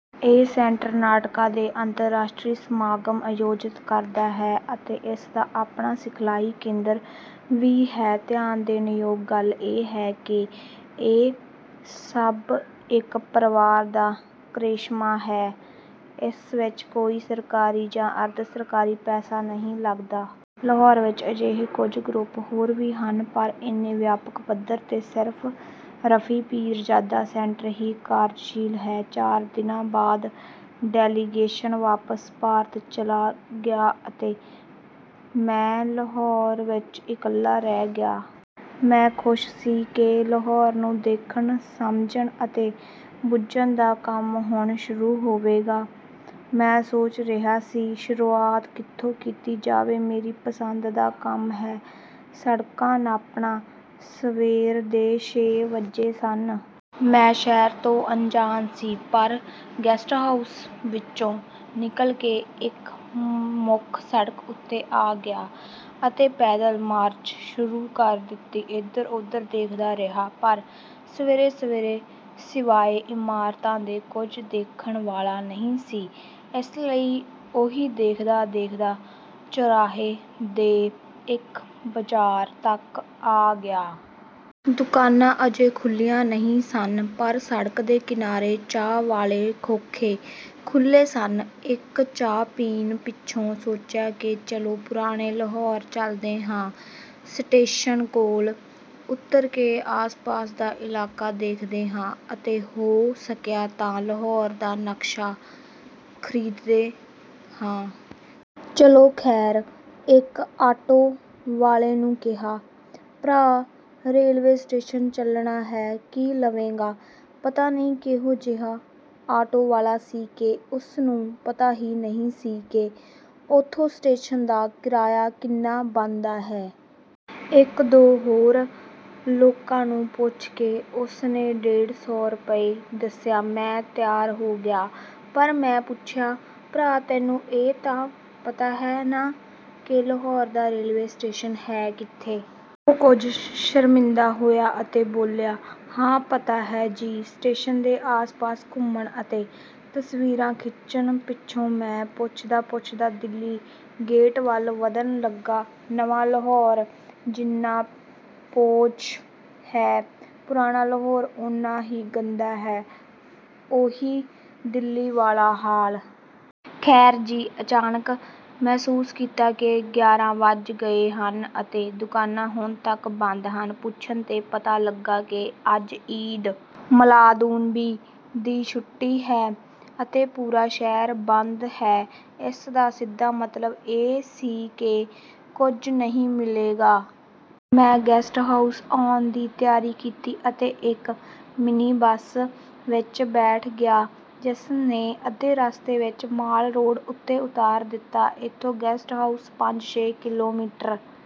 ਇਹ ਸੈਂਟਰ, ਨਾਟਕਾਂ ਦੇ ਅੰਤਰਰਾਸ਼ਟਰੀ ਸਮਾਗਮ ਆਯੋਜਿਤ ਕਰਦਾ ਹੈ ਅਤੇ ਇਸ ਦਾ ਆਪਣਾ ਸਿਖਲਾਈ ਕੇਂਦਰ ਵੀ ਹੈ। ਧਿਆਨ ਦੇਣ ਯੋਗ ਗੱਲ ਇਹ ਹੈ ਕਿ ਇਹ ਸਭ ਇੱਕ ਪਰਿਵਾਰ ਦਾ ਕਰਿਸ਼ਮਾ ਹੈ। ਇਸ ਵਿੱਚ ਕੋਈ ਸਰਕਾਰੀ ਜਾਂ ਅਰਧ-ਸਰਕਾਰੀ ਪੈਸਾ ਨਹੀਂ ਲੱਗਦਾ। ਲਾਹੌਰ ਵਿੱਚ ਅਜਿਹੇ ਕੁਝ ਗਰੁੱਪ ਹੋਰ ਵੀ ਹਨ, ਪਰ ਇੰਨੇ ਵਿਆਪਕ ਪੱਧਰ 'ਤੇ ਸਿਰਫ਼ 'ਰਫ਼ੀ ਪੀਰਜ਼ਾਦਾ ਸੈਂਟਰ' ਹੀ ਕਾਰਜਸ਼ੀਲ ਹੈ। ਚਾਰ ਦਿਨਾਂ ਬਾਅਦ ਡੈਲੀਗੇਸ਼ਨ ਵਾਪਸ ਭਾਰਤ ਚਲਾ ਗਿਆ ਅਤੇ ਮੈਂ ਲਾਹੌਰ ਵਿੱਚ ਇਕੱਲਾ ਰਹਿ ਗਿਆ। ਮੈਂ ਖ਼ੁਸ਼ ਸੀ ਕਿ ਲਾਹੌਰ ਨੂੰ ਦੇਖਣ, ਸਮਝਣ ਅਤੇ ਬੁੱਝਣ ਦਾ ਕੰਮ ਹੁਣ ਸ਼ੁਰੂ ਹੋਵੇਗਾ। ਮੈਂ ਸੋਚ ਰਿਹਾ ਸੀ, "ਸ਼ੁਰੂਆਤ ਕਿੱਥੋਂ ਕੀਤੀ ਜਾਵੇ?" ਮੇਰੀ ਪਸੰਦ ਦਾ ਕੰਮ ਹੈ ਸੜਕਾਂ ਨਾਪਣਾ। ਸਵੇਰ ਦੇ ਛੇ ਵੱਜੇ ਸਨ। ਮੈਂ ਸ਼ਹਿਰ ਤੋਂ ਅਣਜਾਣ ਸੀ, ਪਰ ਗੈਸਟ ਹਾਊਸ ਵਿੱਚੋਂ ਨਿਕਲ ਕੇ ਇੱਕ ਮੁੱਖ ਸੜਕ ਉੱਤੇ ਆ ਗਿਆ ਅਤੇ ਪੈਦਲ ਮਾਰਚ ਸ਼ੁਰੂ ਕਰ ਦਿੱਤੀ। ਇੱਧਰ-ਉੱਧਰ ਦੇਖਦਾ ਰਿਹਾ, ਪਰ ਸਵੇਰੇ-ਸਵੇਰੇ ਸਿਵਾਏ ਇਮਾਰਤਾਂ ਦੇ ਕੁਝ ਦੇਖਣ ਵਾਲਾ ਨਹੀਂ ਸੀ, ਇਸ ਲਈ ਉਹੀ ਦੇਖਦਾ-ਦੇਖਦਾ ਚੌਰਾਹੇ ਦੇ ਇੱਕ ਬਾਜ਼ਾਰ ਤੱਕ ਆ ਗਿਆ। ਦੁਕਾਨਾਂ ਅਜੇ ਖੁੱਲ੍ਹੀਆਂ ਨਹੀਂ ਸਨ, ਪਰ ਸੜਕ ਦੇ ਕਿਨਾਰੇ ਚਾਹ ਵਾਲੇ ਖੋਖੇ ਖੁੱਲ੍ਹੇ ਸਨ। ਇੱਕ ਚਾਹ ਪੀਣ ਪਿੱਛੋਂ ਸੋਚਿਆ ਕਿ ਚਲੋ ਪੁਰਾਣੇ ਲਾਹੌਰ ਚੱਲਦੇ ਹਾਂ, ਸਟੇਸ਼ਨ ਕੋਲ ਉੱਤਰ ਕੇ ਆਸ-ਪਾਸ ਦਾ ਇਲਾਕਾ ਦੇਖਦੇ ਹਾਂ ਅਤੇ ਹੋ ਸਕਿਆ ਤਾਂ ਲਾਹੌਰ ਦਾ ਨਕਸ਼ਾ ਖ਼ਰੀਦਦੇ ਹਾਂ। ਚਲੋ ਖ਼ੈਰ, ਇੱਕ ਆਟੋ ਵਾਲੇ ਨੂੰ ਕਿਹਾ, "ਭਰਾ, ਰੇਲਵੇ ਸਟੇਸ਼ਨ ਚੱਲਣਾ ਹੈ, ਕੀ ਲਵੇਂਗਾ?" ਪਤਾ ਨਹੀਂ ਕਿਹੋ-ਜਿਹਾ ਆਟੋ ਵਾਲਾ ਸੀ ਕਿ ਉਸ ਨੂੰ ਪਤਾ ਹੀ ਨਹੀਂ ਸੀ ਕਿ ਉੱਥੋਂ ਸਟੇਸ਼ਨ ਦਾ ਕਿਰਾਇਆ ਕਿੰਨਾ ਬਣਦਾ ਹੈ! ਇੱਕ-ਦੋ ਹੋਰ ਲੋਕਾਂ ਨੂੰ ਪੁੱਛ ਕੇ ਉਸ ਨੇ ਡੇਢ ਸੌ ਰੁਪਏ ਦੱਸਿਆ। ਮੈਂ ਤਿਆਰ ਹੋ ਗਿਆ, ਪਰ ਮੈਂ ਪੁੱਛਿਆ, "ਭਰਾ, ਤੈਨੂੰ ਇਹ ਤਾਂ ਪਤਾ ਹੈ ਨਾ ਕਿ ਲਾਹੌਰ ਦਾ ਰੇਲਵੇ ਸਟੇਸ਼ਨ ਹੈ ਕਿੱਥੇ?" ਉਹ ਕੁਝ ਸ਼ਰਮਿੰਦਾ ਹੋਇਆ ਅਤੇ ਬੋਲਿਆ, "ਹਾਂ, ਪਤਾ ਹੈ ਜੀ।" ਸਟੇਸ਼ਨ ਦੇ ਆਸ-ਪਾਸ ਘੁੰਮਣ ਅਤੇ ਤਸਵੀਰਾਂ ਖਿੱਚਣ ਪਿੱਛੋਂ ਮੈਂ ਪੁੱਛਦਾ-ਪੁੱਛਦਾ ਦਿੱਲੀ ਗੇਟ ਵੱਲ ਵਧਣ ਲੱਗਾ। ਨਵਾਂ ਲਾਹੌਰ ਜਿੰਨਾ ਪੌਸ਼ ਹੈ, ਪੁਰਾਣਾ ਲਾਹੌਰ ਉੱਨਾ ਹੀ ਗੰਦਾ ਹੈਉਹੀ ਦਿੱਲੀ ਵਾਲਾ ਹਾਲ! ਖ਼ੈਰ ਜੀ, ਅਚਾਨਕ ਮਹਿਸੂਸ ਕੀਤਾ ਕਿ ਗਿਆਰਾਂ ਵੱਜ ਗਏ ਹਨ ਅਤੇ ਦੁਕਾਨਾਂ ਹੁਣ ਤੱਕ ਬੰਦ ਹਨ। ਪੁੱਛਣ 'ਤੇ ਪਤਾ ਲੱਗਾ ਕਿ ਅੱਜ 'ਈਦ ਮਿਲਾਦੁਨਬੀ' ਦੀ ਛੁੱਟੀ ਹੈ ਅਤੇ ਪੂਰਾ ਸ਼ਹਿਰ ਬੰਦ ਹੈ। ਇਸ ਦਾ ਸਿੱਧਾ ਮਤਲਬ ਇਹ ਸੀ ਕਿ ਕੁਝ ਨਹੀਂ ਮਿਲੇਗਾ। ਮੈਂ ਗੈਸਟ ਹਾਊਸ ਆਉਣ ਦੀ ਤਿਆਰੀ ਕੀਤੀ ਅਤੇ ਇੱਕ ਮਿਨੀ ਬੱਸ ਵਿੱਚ ਬੈਠ ਗਿਆ, ਜਿਸ ਨੇ ਅੱਧੇ ਰਸਤੇ ਵਿੱਚ ਮਾਲ ਰੋਡ ਉੱਤੇ ਉਤਾਰ ਦਿੱਤਾ। ਇੱਥੋਂ ਗੈਸਟ ਹਾਊਸ ਪੰਜ-ਛੇ ਕਿਲੋਮੀਟਰ